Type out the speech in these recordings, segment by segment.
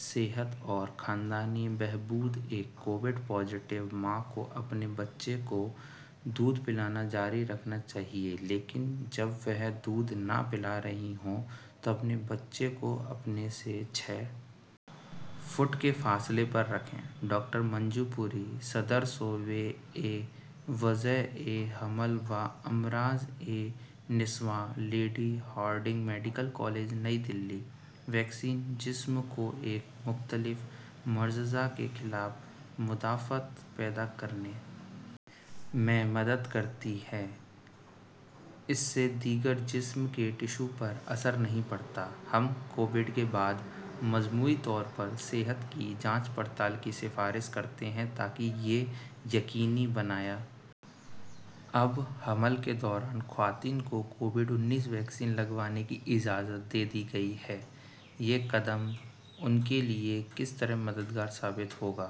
صحت اور خاندانی بہبود کی وزارت ایک کووڈ مثبت ماں کو اپنے بچے کو دودھ پلانا جاری رکھنا چاہیے لیکن جب وہ دودھ نہ پلا رہی ہوں تو بچے کو اپنے سے چھ فٹ کے فاصلے پر رکھیں ڈاکٹر منجو پوری، صدر شعبہ، وضع حمل و امراض نسواں، لیڈی ہارڈنگ میڈیکل کالج، نئی دہلی "ویکسین جسم کو ایک مخصوص مرض زا کے خلاف مدافعت پیدا کرنے میں مدد کرتی ہیں، اس سے دیگر جسم کے ٹشو پر اثر نہیں پڑتا" ہم کووڈ کے بعد مجموعی طور پر صحت کی جانچ پڑتال کی سفارش کرتے ہیں تاکہ یہ یقینی بنایا اب حمل کے دوران خواتین کو کووڈ انیس ویکسین لگوانے کی اجازت دے دی گئی ہے۔ یہ قدم ان کے لیے کس طرح مدد گار ثابت ہوگا؟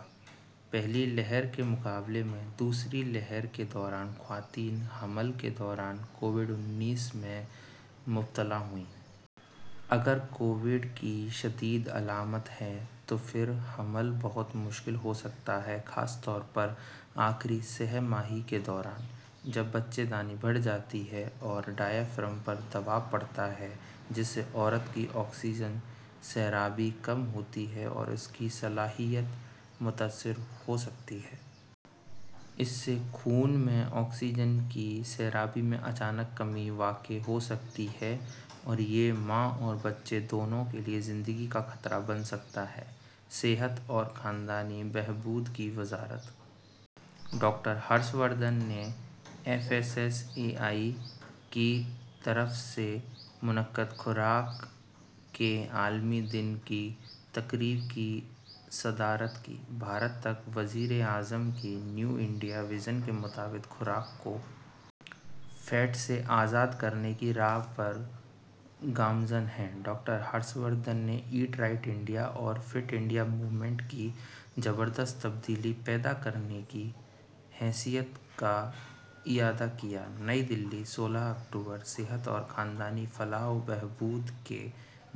پہلی لہر کے مقابلے میں دوسری لہر کے دوران خواتین حمل کے دوران کووڈ انیس میں مبتلا ہوئیں۔ اگر کووڈ کی شدید علامات ہیں تو پھر حمل بہت مشکل ہو سکتا ہے، خاص طور پر آخری سہ ماہی کے دوران جب بچہ دانی بڑھ جاتی ہے اور ڈایافرام پر دباؤ پڑتا ہے، جس سے عورت کی آکسیجن سیرابی کم ہوتی ہے اور اس کی صلاحیت متاثر ہوسکتی ہے۔ اس سے خون میں آکسیجن کی سیرابی میں اچانک کمی واقع ہوسکتی ہے اور یہ ماں اور بچے دونوں کے لیے زندگی کا خطرہ بن سکتا ہے۔ صحت اور خاندانی بہبود کی وزارت doctor Harsh Vardhan F S S A I کی طرف سے منعقدہ 'خوراک کے عالمی دن' کی تقریب کی صدارت کی ''بھارت تک وزیر اعظم کے نیو انڈیا وژن کے مطابق خوراک کو فیٹ سے آزاد کرنے کی راہ پر گامزن ہے'' ڈاکٹر ہرش وردھن نے 'ایٹ رائٹ انڈیا' اور 'فٹ انڈیا موومنٹ' کے زبردست تبدیلی پیدا کرنے کی حیثیت کا اعادہ کیا نئی دہلی، سولہ اکتوبر صحت اور خاندانی فلاح وبہبود کے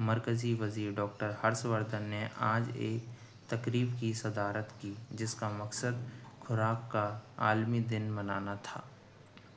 مرکزی وزیر ڈاکٹر ہرش وردھن نے آج ایک تقریب کی صدارت کی جس کا مقصد خوراک کا عالمی دن منانا تھا۔